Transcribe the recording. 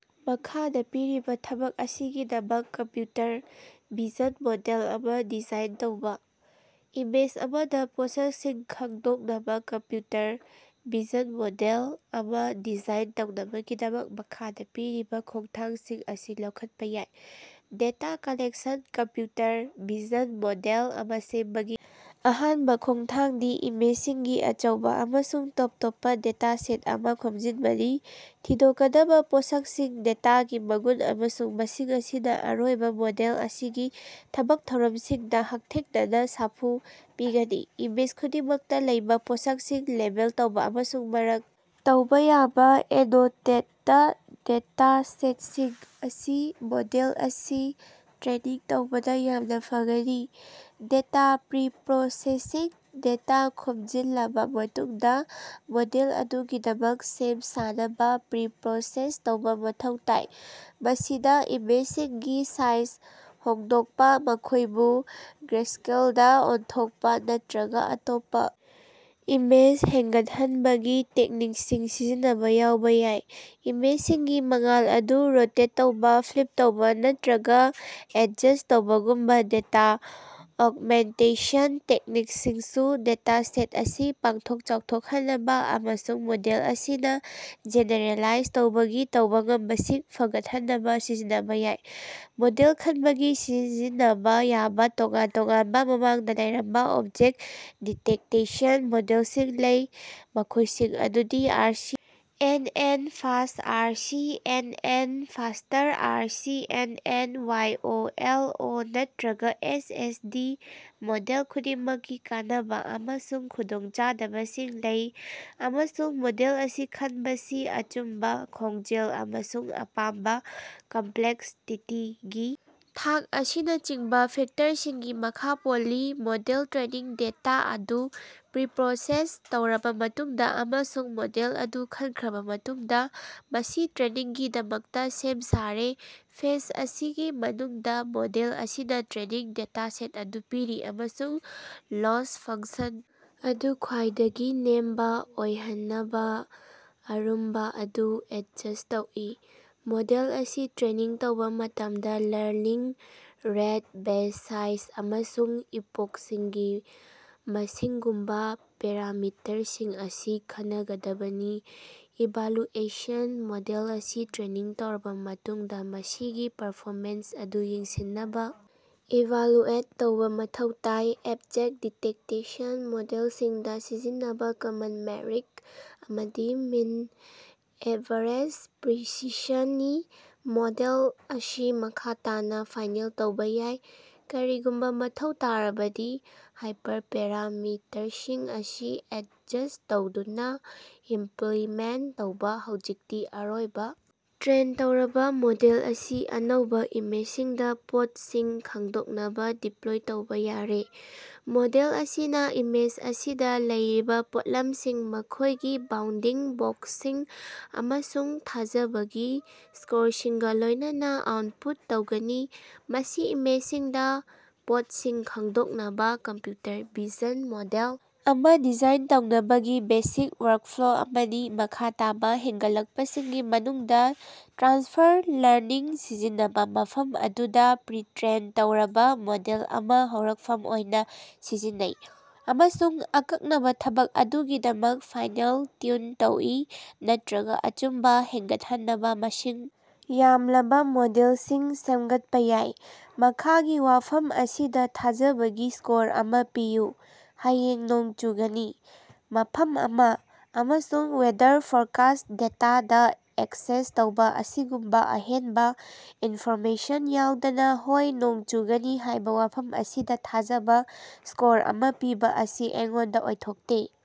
ꯃꯈꯥꯗ ꯄꯤꯔꯤꯕ ꯊꯕꯛ ꯑꯁꯤꯒꯤꯗꯃꯛ ꯀꯝꯄ꯭ꯌꯨꯇꯔ ꯚꯤꯖꯟ ꯃꯣꯗꯦꯜ ꯑꯃ ꯗꯤꯖꯥꯏꯟ ꯇꯧꯕꯥ꯫ ꯏꯃꯦꯖ ꯑꯃꯗ ꯄꯣꯠꯁꯛꯁꯤꯡ ꯈꯪꯗꯣꯛꯅꯕ ꯀꯝꯄ꯭ꯌꯨꯇꯔ ꯚꯤꯖꯟ ꯃꯣꯗꯦꯜ ꯑꯃ ꯗꯤꯖꯥꯏꯟ ꯇꯧꯅꯕꯒꯤꯗꯃꯛ, ꯃꯈꯥꯗ ꯄꯤꯔꯤꯕ ꯈꯣꯡꯊꯥꯡꯁꯤꯡ ꯑꯁꯤ ꯂꯧꯈꯠꯄ ꯌꯥꯏ: data collection: computer vision model ꯑꯃ ꯁꯦꯝꯕꯒꯤ ꯑꯍꯥꯟꯕ ꯈꯣꯡꯊꯥꯡꯗꯤ ꯏꯃꯦꯖꯁꯤꯡꯒꯤ ꯑꯆꯧꯕ ꯑꯃꯁꯨꯡ ꯇꯣꯞ ꯇꯣꯞꯄ ꯗꯦꯇꯥꯁꯦꯠ ꯑꯃ ꯈꯣꯝꯖꯤꯟꯕꯅꯤ꯫ ꯊꯤꯗꯣꯛꯀꯗꯕ ꯄꯣꯠꯁꯛꯁꯤꯡ :ꯗꯦꯇꯥꯒꯤ ꯃꯒꯨꯟ ꯑꯃꯁꯨꯡ ꯃꯁꯤꯡ ꯑꯁꯤꯅ ꯑꯔꯣꯏꯕ ꯃꯣꯗꯦꯜ ꯑꯁꯤꯒꯤ ꯊꯕꯛ ꯊꯧꯔꯝꯁꯤꯡꯗꯥ ꯍꯛꯊꯦꯡꯅꯅ ꯁꯥꯐꯨ ꯄꯤꯒꯅꯤ꯫ ꯏꯃꯦꯖ ꯈꯨꯗꯤꯡꯃꯛꯇꯥ ꯂꯩꯕꯥ ꯄꯣꯠꯁꯛꯁꯤꯡ ꯂꯦꯕꯦꯜ ꯇꯧꯕ ꯑꯃꯁꯨꯡ ꯃꯥꯔꯛ ꯇꯧꯕꯥ ꯌꯥꯕ ꯑꯦꯅꯣꯇꯦꯠꯇ ꯗꯦꯇꯥꯁꯦꯠꯁꯤꯡ ꯑꯁꯤ ꯃꯣꯗꯦꯜ ꯑꯁꯤ ꯇ꯭ꯔꯦꯅꯤꯡ ꯇꯧꯕꯗ ꯌꯥꯝꯅꯥ ꯐꯒꯅꯤ꯫ ꯗꯦꯇꯥ ꯄ꯭ꯔꯤꯄꯔꯣꯁꯦꯁꯤꯡ: ꯗꯦꯇꯥ ꯈꯣꯝꯖꯤꯜꯂꯕꯥ ꯃꯇꯨꯡꯗꯥ ꯃꯣꯗꯦꯜ ꯑꯗꯨꯒꯤꯗꯃꯛ ꯁꯦꯝ ꯁꯥꯅꯕ ꯄ꯭ꯔꯤꯄꯔꯣꯁꯦꯁ ꯇꯧꯕꯥ ꯃꯊꯧ ꯇꯥꯏ꯫ ꯃꯁꯤꯗꯥ ꯏꯃꯦꯖꯁꯤꯡꯒꯤ ꯁꯥꯏꯖ ꯍꯣꯡꯗꯣꯛꯄ, ꯃꯈꯣꯏꯕꯨ ꯒ꯭ꯔꯦꯁ꯭ꯀꯦꯜꯗ ꯑꯣꯟꯊꯣꯛꯄꯥ ꯅꯠꯇ꯭ꯔꯒ ꯑꯇꯣꯞꯄ ꯏꯃꯦꯖ ꯍꯦꯟꯒꯠꯍꯟꯕꯒꯤ ꯇꯦꯛꯅꯤꯛꯁꯤꯡ ꯁꯤꯖꯤꯟꯅꯕ ꯌꯥꯎꯕ ꯌꯥꯏ꯫ ꯏꯃꯦꯖꯁꯤꯡꯒꯤ ꯃꯉꯥꯜ ꯑꯗꯨ ꯔꯣꯇꯦꯠ ꯇꯧꯕꯥ, ꯐ꯭ꯂꯤꯞ ꯇꯧꯕꯥ ꯅꯠꯇ꯭ꯔꯒꯥ ꯑꯦꯗꯖꯁꯠ ꯇꯧꯕꯒꯨꯝꯕꯥ ꯗꯦꯇꯥ ꯑꯣꯒꯃꯦꯟꯇꯦꯁꯟ ꯇꯦꯛꯅꯤꯛꯁꯤꯡꯁꯨ ꯗꯦꯇꯥꯁꯦꯠ ꯑꯁꯤ ꯄꯥꯛꯊꯣꯛ ꯆꯥꯎꯊꯣꯛꯍꯟꯅꯕꯥ ꯑꯃꯁꯨꯡ ꯃꯣꯗꯦꯜ ꯑꯁꯤꯅꯥ ꯖꯦꯅꯦꯔꯦꯂꯥꯏꯖ ꯇꯧꯕꯒꯤ ꯇꯧꯕ ꯉꯝꯕꯁꯤꯡ ꯐꯒꯠꯍꯟꯅꯕ ꯁꯤꯖꯤꯟꯅꯕ ꯌꯥꯏ꯫ ꯃꯣꯗꯦꯜ ꯈꯟꯕꯒꯤ: ꯁꯤꯖꯤꯟꯅꯕ ꯌꯥꯕ ꯇꯣꯉꯥꯟ ꯇꯣꯉꯥꯟꯕ ꯃꯃꯥꯡꯗ ꯂꯩꯔꯝꯕ ꯑꯣꯕꯖꯦꯛꯇ ꯗꯤꯇꯦꯛꯇꯦꯁꯟ ꯃꯣꯗꯦꯜꯁꯤꯡ ꯂꯩ, ꯃꯈꯣꯏꯁꯤꯡ ꯑꯗꯨꯗꯤ R C. N. N., fast R C. N. N., faster R C. N. N., Y. O. L. ꯑꯣ. ꯅꯠꯇ꯭ꯔꯒꯥ ꯑꯦꯁ. ꯑꯦꯁ. ꯗꯤ. ꯃꯣꯗꯦꯜ ꯈꯨꯗꯤꯡꯃꯛꯀꯤ ꯀꯥꯟꯅꯕꯥ ꯑꯃꯁꯨꯡ ꯈꯨꯗꯣꯡꯆꯥꯗꯕꯁꯤꯡ ꯂꯩ, ꯑꯃꯁꯨꯡ ꯃꯣꯗꯦꯜ ꯑꯁꯤ ꯈꯟꯕꯁꯤ ꯑꯆꯨꯝꯕꯥ, ꯈꯣꯡꯖꯦꯜ ꯑꯃꯁꯨꯡ ꯑꯄꯥꯝꯕꯥ ꯀꯝꯄꯂꯦꯛꯁꯇꯤꯇꯤꯒꯤ ꯊꯥꯛ ꯑꯁꯤꯅꯆꯤꯡꯕꯥ ꯐꯦꯛꯇꯔꯁꯤꯡꯒꯤ ꯃꯈꯥ ꯄꯣꯜꯂꯤ꯫ ꯃꯣꯗꯦꯜ ꯇ꯭ꯔꯦꯅꯤꯡ: ꯗꯦꯇꯥ ꯑꯗꯨ ꯄ꯭ꯔꯤꯄꯔꯣꯁꯦꯁ ꯇꯧꯔꯕꯥ ꯃꯇꯨꯡꯗꯥ ꯑꯃꯁꯨꯡ ꯃꯣꯗꯦꯜ ꯑꯗꯨ ꯈꯟꯈ꯭ꯔꯕꯥ ꯃꯇꯨꯡꯗꯥ, ꯃꯁꯤ ꯇ꯭ꯔꯦꯅꯤꯡꯒꯤꯗꯃꯛꯇꯥ ꯁꯦꯝ ꯁꯥꯔꯦ꯫ ꯐꯦꯖ ꯑꯁꯤꯒꯤ ꯃꯅꯨꯡꯗꯥ ꯃꯣꯗꯦꯜ ꯑꯁꯤꯅꯥ ꯇ꯭ꯔꯦꯅꯤꯡ ꯗꯦꯇꯥꯁꯦꯠ ꯑꯗꯨ ꯄꯤꯔꯤ ꯑꯃꯁꯨꯡ ꯂꯣꯁ ꯐꯪꯛꯁꯟ ꯑꯗꯨ ꯈ꯭ꯋꯥꯏꯗꯒꯤ ꯅꯦꯝꯕꯥ ꯑꯣꯏꯍꯟꯅꯕ ꯑꯔꯨꯝꯕꯥ ꯑꯗꯨ ꯑꯦꯗꯖꯁ ꯇꯧꯏ꯫ ꯃꯣꯗꯦꯜ ꯑꯁꯤ ꯇ꯭ꯔꯦꯅꯤꯡ ꯇꯧꯕꯥ ꯃꯇꯝꯗ ꯂꯔꯅꯤꯡ ꯔꯦꯠ, ꯕꯦꯆ ꯁꯥꯏꯖ ꯑꯃꯁꯨꯡ ꯏꯄꯣꯛꯁꯤꯡꯒꯤ ꯃꯁꯤꯡꯒꯨꯝꯕꯥ ꯄꯦꯔꯥꯃꯤꯇꯔꯁꯤꯡ ꯑꯁꯤ ꯈꯟꯅꯒꯗꯕꯅꯤ꯫ ꯏꯚꯥꯂꯨꯑꯦꯁꯟ: ꯃꯣꯗꯦꯜ ꯑꯁꯤ ꯇ꯭ꯔꯦꯅꯤꯡ ꯇꯧꯔꯕꯥ ꯃꯇꯨꯡꯗꯥ ꯃꯁꯤꯒꯤ ꯄꯔꯐꯣꯃꯦꯟꯁ ꯑꯗꯨ ꯌꯦꯡꯁꯤꯟꯅꯕꯥ ꯏꯚꯥꯂꯨꯑꯦꯠ ꯇꯧꯕꯥ ꯃꯊꯧ ꯇꯥꯏ꯫ ꯑꯣꯕꯖꯦꯛ ꯗꯤꯇꯦꯛꯇꯦꯁꯟ ꯃꯣꯗꯦꯜꯁꯤꯡꯗꯥ ꯁꯤꯖꯤꯟꯅꯕꯥ ꯀꯃꯟ ꯃꯦꯠꯔꯤꯛ ꯑꯃꯗꯤ ꯃꯤꯟ ꯑꯦꯚꯥꯔꯦꯖ ꯄ꯭ꯔꯤꯁꯤꯁꯟ ꯅꯤ꯫ ꯃꯣꯗꯦꯜ ꯑꯁꯤ ꯃꯈꯥ ꯇꯥꯅꯥ ꯐꯥꯏꯅꯦꯜ ꯇꯧꯕꯥ ꯌꯥꯏ, ꯀꯔꯤꯒꯨꯝꯕꯥ ꯃꯊꯧ ꯇꯥꯔꯕꯗꯤ, ꯍꯥꯏꯄꯔꯄꯦꯔꯥꯃꯤꯇꯔꯁꯤꯡ ꯑꯁꯤ ꯑꯦꯗꯖꯁꯠ ꯇꯧꯗꯨꯅꯥ꯫ ꯏꯃꯝꯄꯂꯤꯃꯦꯟ ꯇꯧꯕꯥ: ꯍꯧꯖꯤꯛꯇꯤ ꯑꯔꯣꯏꯕꯥ ꯇ꯭ꯔꯦꯟ ꯇꯧꯔꯕꯥ ꯃꯣꯗꯦꯜ ꯑꯁꯤ ꯑꯅꯧꯕꯥ ꯏꯃꯦꯖꯁꯤꯡꯗꯥ ꯄꯣꯠꯁꯤꯡ ꯈꯪꯗꯣꯛꯅꯕ ꯗꯤꯄꯂꯣꯏ ꯇꯧꯕꯥ ꯌꯥꯔꯦ꯫ ꯃꯣꯗꯦꯜ ꯑꯁꯤꯅꯥ ꯏꯃꯦꯖ ꯑꯁꯤꯗꯥ ꯂꯩꯔꯤꯕꯥ ꯄꯣꯠꯂꯝꯁꯤꯡ, ꯃꯈꯣꯏꯒꯤ ꯕꯥꯎꯟꯗꯤꯡ ꯕꯣꯛꯁꯁꯤꯡ ꯑꯃꯁꯨꯡ ꯊꯥꯖꯕꯒꯤ ꯁ꯭ꯀꯣꯔꯁꯤꯡꯒꯥ ꯂꯣꯏꯅꯅꯥ ꯑꯥꯎꯠꯄꯨꯠ ꯇꯧꯒꯅꯤ꯫ ꯃꯁꯤ ꯏꯃꯦꯖꯁꯤꯡꯗꯥ ꯄꯣꯠꯁꯤꯡ ꯈꯪꯗꯣꯛꯅꯕꯥ ꯀꯝꯄ꯭ꯌꯨꯇꯔ ꯚꯤꯖꯟ ꯃꯣꯗꯦꯜ ꯑꯃꯥ ꯗꯤꯖꯥꯏꯟ ꯇꯧꯅꯕꯒꯤ ꯕꯦꯁꯤꯛ ꯋꯥꯔꯛꯐ꯭ꯂꯣ ꯑꯃꯅꯤ꯫ ꯃꯈꯥ ꯇꯥꯕꯥ ꯍꯦꯟꯒꯠꯂꯛꯄꯁꯤꯡꯒꯤ ꯃꯅꯨꯡꯗꯥ ꯇ꯭ꯔꯥꯟꯁꯐꯔ ꯂꯔꯅꯤꯡ ꯁꯤꯖꯤꯟꯅꯕꯥ, ꯃꯐꯝ ꯑꯗꯨꯗꯥ ꯄ꯭ꯔꯤ-ꯇ꯭ꯔꯦꯟ ꯇꯧꯔꯕꯥ ꯃꯣꯗꯦꯜ ꯑꯃꯥ ꯍꯧꯔꯛꯐꯝ ꯑꯣꯏꯅꯥ ꯁꯤꯖꯤꯟꯅꯩ ꯑꯃꯁꯨꯡ ꯑꯀꯛꯅꯕꯥ ꯊꯕꯛ ꯑꯗꯨꯒꯤꯗꯃꯛ ꯐꯥꯏꯅꯦꯜ ꯇ꯭ꯌꯨꯟ ꯇꯧꯏ, ꯅꯠꯇ꯭ꯔꯒꯥ ꯑꯆꯨꯝꯕꯥ ꯍꯦꯟꯒꯠꯍꯟꯅꯕꯥ ꯃꯁꯤꯡ ꯌꯥꯝꯂꯕꯥ ꯃꯣꯗꯦꯜꯁꯤꯡ ꯁꯦꯝꯒꯠꯄꯥ ꯌꯥꯏ꯫ ꯃꯈꯥꯒꯤ ꯋꯥꯐꯝ ꯑꯁꯤꯗꯥ ꯊꯥꯖꯕꯒꯤ ꯁ꯭ꯀꯣꯔ ꯑꯃꯥ ꯄꯤꯌꯨ: ꯍꯌꯦꯡ ꯅꯣꯡ ꯆꯨꯒꯅꯤ"꯫ ꯃꯐꯝ ꯑꯃꯥ, ꯑꯃꯁꯨꯡ ꯋꯦꯗꯔ ꯐꯣꯔꯀꯥꯁꯠ ꯗꯦꯇꯥꯗꯥ ꯑꯦꯛꯁꯦꯁ ꯇꯧꯕꯥ ꯑꯁꯤꯒꯨꯝꯕꯥ ꯑꯍꯦꯟꯕꯥ ꯏꯟꯐꯣꯔꯃꯦꯁꯟ ꯌꯥꯎꯗꯅꯥ "ꯍꯣꯏ ꯅꯣꯡ ꯆꯨꯒꯅꯤ" ꯍꯥꯏꯕ ꯋꯥꯐꯝ ꯑꯁꯤꯗ ꯊꯥꯖꯕ ꯁ꯭ꯀꯣꯔ ꯑꯃ ꯄꯤꯕꯥ ꯑꯁꯤ ꯑꯩꯉꯣꯟꯗ ꯑꯣꯏꯊꯣꯛꯇꯦ꯫